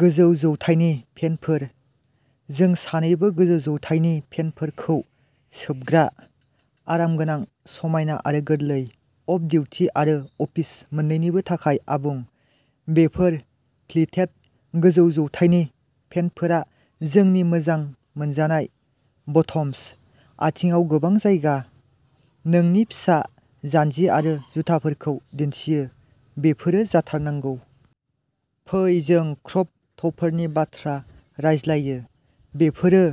गोजौ जौथायनि पेन्टफोर। जों सानैबो गोजौ जौथायनि पेन्टफोरखौ सोबग्रा। आरामगोनां, समायना आरो गोरलै, अफ डिउटि आरो अफिस मोन्नैनिबो थाखाय आबुं, बेफोर प्लिटेड गोजौ जौथायनि पेन्टफोरा जोंनि मोजां मोनजानाय ब'टम्स। आथिंआव गोबां जायगा, नोंनि फिसा जानजि आरो जुथाफोरखौ दिन्थियो, बेफोरो जाथारनांगौ। फै जों क्रप टपफोरनि बाथ्रा रायज्लायो। बेफोरो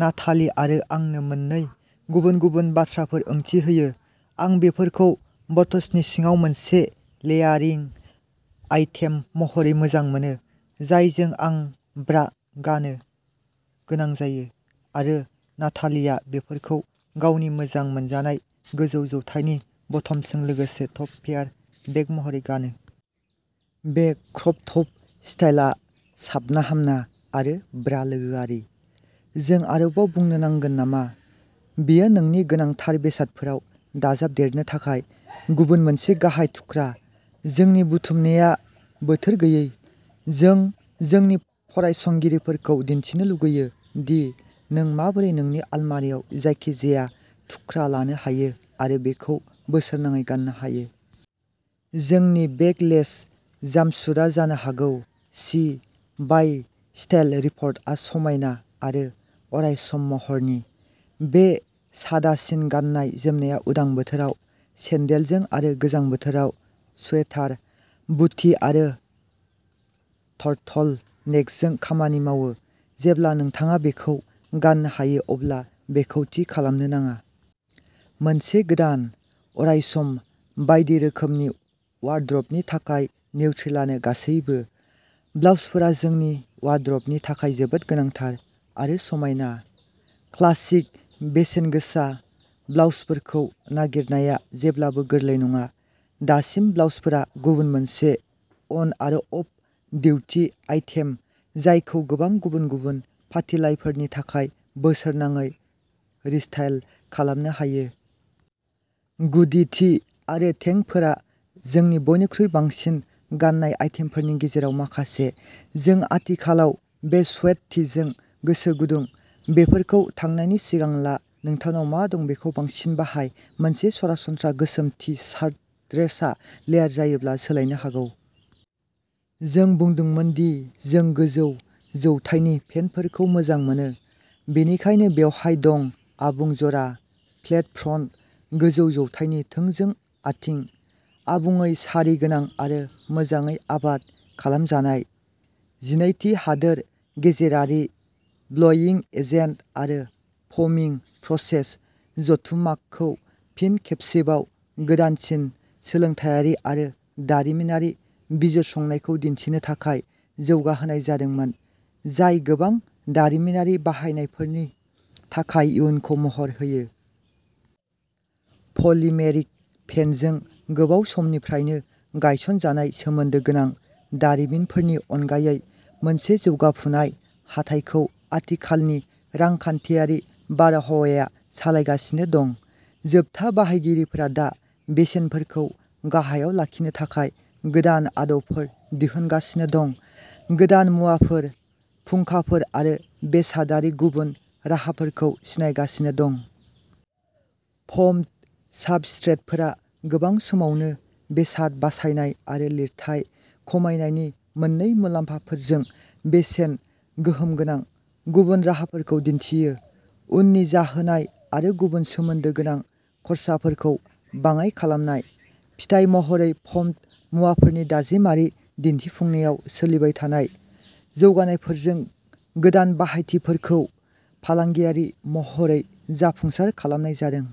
नाताली आरो आंनो मोननै गुबुन-गुबुन बाथ्राफोर ओंथि होयो। आं बेफोरखौ ब'ट्सनि सिङाव मोनसे लेयारिं आइटेम महरै मोजां मोनो, जायजों आं ब्रा गान्नो गोनां जायो आरो नातालीआ बेफोरखौ गावनि मोजां मोनजानाय गोजौ जौथायनि ब'टम्सजों लोगोसे टप पेयार बेक महरै गानो। बे क्रप टप स्टाइलआ साबनाहामना आरो ब्रा लोगोआरि। जों आरोबाव बुंनो नांगोन नामा? बेयो नोंनि गोनांथार बेसादफोराव दाजाबदेरनो थाखाय गुबुन मोनसे गाहाय थुख्रा। जोंनि बुथुमनाया बोथोर गैयै। जों जोंनि फरायसंगिरिफोरखौ दिन्थिनो लुगैयो दि नों माबोरै नोंनि आलमारिआव जायखिजाया थुख्रा लानो हायो आरो बेखौ बोसोरनाङै गान्नो हायो। जोंनि बेकलेस जाम्पसुटआ जानो हागौ सि बाइ स्टाइल रिपर्टआ समायना आरो अरायसम महरनि। बे सादासिन गाननाय जोमनाया उदां बोथोराव सेन्देलजों आरो गोजां बोथोराव स्वेटार, बुटि आरो टार्टलनेकजों खामानि मावो। जेब्ला नोंथाङा बेखौ गान्नो हायो अब्ला बेखौ थि खालामनो नाङा। मोनसे गोदान, अरायसम, बायदि रोखोमनि वार्ड्रोबनि थाखाय निउट्रेलानो गासैबो। ब्लाउजफोरा जोंनि वार्ड्रोबनि थाखाय जोबोद गोनांथार, आरो समायना, क्लासिक, बेसेनगोसा ब्लाउजफोरखौ नागिरनाया जेब्लाबो गोरलै नङा। दासिम ब्लाउजफोरा गुबुन मोनसे अन आरो अफ डिउटि आइटेम जायखौ गोबां गुबुन-गुबुन फालिथायफोरनि थाखाय बोसोरनाङै रिस्टाइल खालामनो हायो। गुदि टि आरो टेंकफोरा जोंनि बयनिख्रुइ बांसिन गान्नाय आइटेमफोरनि गेजेराव माखासे। जों आथिखालाव बे स्वेट टिजों गोसो गुदुं। बेफोरखौ थांनायनि सिगां ला, नोंथांनाव मा दं बेखौ बांसिन बाहाय। मोनसे सरासनस्रा गोसोम टि शार्ट ड्रेसआ लेयार जायोब्ला सोलायनो हागौ। जों बुंदोंमोन दि जों गोजौ जौथायनि पेन्टफोरखौ मोजां मोनो, बेनिखायनो बेवहाय दं आबुं जरा, फ्लेट फ्रन्ट, गोजौ जौथायनि थोंजों आथिं, आबुङै सारि गोनां आरो मोजाङै आबाद खालामजानाय। जिनैथि हादोर गेजेरारि ब्ल'इं एजेन्ट आरो फ'मिं प्रसेस जथुम्माखौ फिन खेबसेबाव गोदानसिन सोलोंथायारि आरो दारिमिनारि बिजिरसंनायखौ दिन्थिनो थाखाय जौगाहोनाय जादोंमोन, जाय गोबां दारिमिनारि बाहायनायफोरनि थाखाय इयुनखौ महर होयो। पलिमेरिक फेनजों गोबाव समनिफ्रायनो गायसनजानाय सोमोन्दो गोनां दारिमिनफोरनि अनगायै मोनसे जौगाफुनाय हाथाइखौ आथिखालनि रांखान्थियारि बारहावाया सालायगासिनो दं। जोबथा बाहायगिरिफोरा दा बेसेनफोरखौ गाहायाव लाखिनो थाखाय गोदान आदबफोर दिहुनगासिनो दं, गोदान मुवाफोर, फुंखाफोर आरो बेसादारि गुबुन राहाफोरखौ सिनायगासिनो दं। फ'म्ड साबस्ट्रेटफोरा गोबां समावनो बेसाद बासायनाय आरो लिरथाइ खमायनायनि मोन्नै मुलाम्फाफोरजों बेसेन गोहोम गोनां गुबुन राहाफोरखौ दिन्थियो। उननि जाहोनाय आरो गुबुन सोमोन्दो गोनां खर्साफोरखौ बाङाइ खालामनाय, फिथाय महरै फ'म्ड मुवाफोरनि दाजेमारि दिन्थिफुंनायाव सोलिबाय थानाय जौगानायफोरजों गोदान बाहायथिफोरखौ फालांगियारि महरै जाफुंसार खालामनाय जादों।